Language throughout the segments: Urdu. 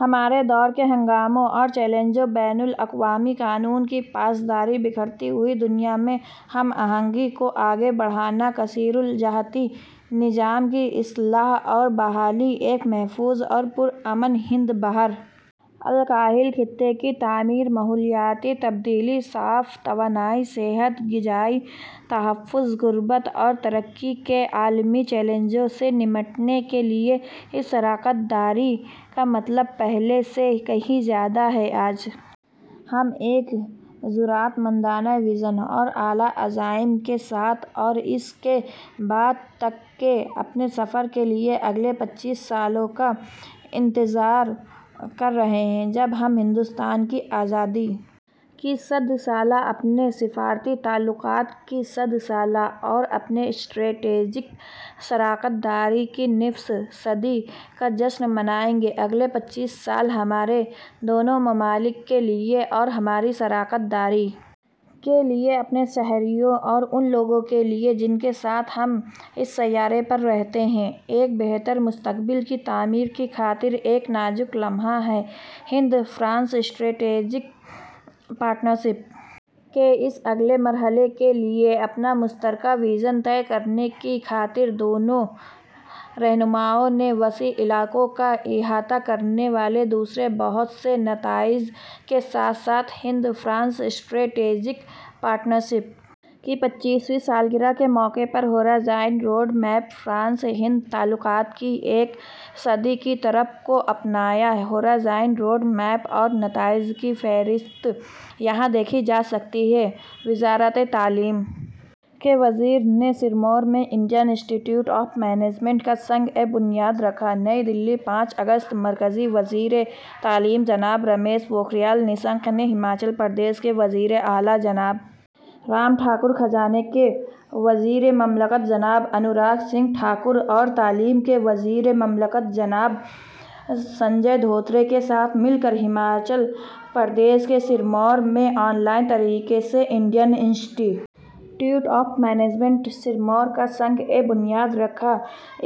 ہمارے دور کے ہنگاموں اور چیلنجوں بین الاقوامی قانون کی پاسداری بکھرتی ہوئی دنیا میں ہم آہنگی کو آگے بڑھانا کثیر الجہتی نظام کی اصلاح اور بحالی ایک محفوظ اور پرامن ہند بحر الکاہل خطے کی تعمیر ماحولیاتی تبدیلی صاف توانائی صحت غذائی تحفظ غربت اور ترقی کے عالمی چیلنجوں سے نمٹنے کے لیے میں اس شراکت داری کا مطلب پہلے سے کہیں زیادہ ہے آج ہم ایک جرات مندانہ وژن اور اعلی عزائم کے ساتھ اور اس کے بعد تک کے اپنے سفر کے لیے اگلے پچیس سالوں کا انتظار کر رہے ہیں جب ہم ہندوستان کی آزادی کی صد سالہ اپنے سفارتی تعلقات کی صد سالہ اور اپنی اسٹریٹجک شراکت داری کی نصف صدی کا جشن منائیں گے اگلے پچیس سال ہمارے دونوں ممالک کے لیے اور ہماری شراکت داری کے لیے اپنے شہریوں اور ان لوگوں کے لیے جن کے ساتھ ہم اس سیارے پر رہتے ہیں ایک بہتر مستقبل کی تعمیر کی خاطر ایک نازک لمحہ ہیں ہند فرانس اسٹریٹجک پارٹنرشپ کے اس اگلے مرحلے کے لیے اپنا مشترکہ وژن طے کرنے کی خاطر دونوں رہنماؤں نے وسیع علاقوں کا احاطہ کرنے والے دوسرے بہت سے نتائج کے ساتھ ساتھ ہند فرانس اسٹریٹجک پارٹنرشپ کی پچیسویں سالگرہ کے موقع پر horizon road map France Hind تعلقات کی ایک صدی کی طرف کو اپنایا ہورائزن روڈ میپ اور نتائج کی فہرست یہاں دیکھی جا سکتی ہے وزارت تعلیم کے وزیر نے سرمور میں Indian institute of management کا سنگ بنیاد رکھا نئی دہلی پانچ اگست مرکزی وزیر تعلیم جناب رمیش پوکھریال نشنک نے ہماچل پردیش کے وزیر اعلیٰ جناب جے رام ٹھاکر خزانہ کے وزیر مملکت جناب انوراگ سنگھ ٹھاکر اور تعلیم کے وزیر مملکت جناب سنجے دھوترے کے ساتھ مل کر ہماچل پردیش کے سرمور میں آن لائن طریقے سے Indian institute of management Sirmaur کا سنگ بنیاد رکھا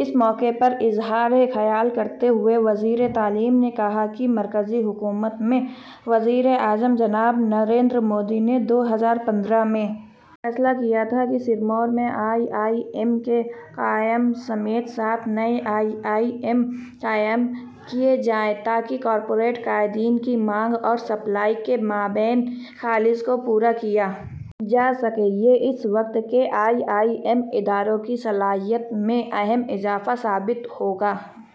اس موقع پر اظہار خیال کرتے ہوئے وزیر تعلیم نے کہا کہ مرکزی حکومت میں وزیر اعظم جناب نریندر مودی نے دو ہزار پندرہ میں فیصلہ کیا تھا کہ سرمور میں آئی آئی ایم کے قیام سمیت سات نئے آئی آئی ایم قائم کیے جائیں تاکہ کارپوریٹ قائدین کی مانگ اور سپلائی کے مابین خلیج کو پر کیا جا سکے یہ اس وقت کے آئی آئی ایم اداروں کی صلاحیت میں اہم اضافہ ثابت ہوگا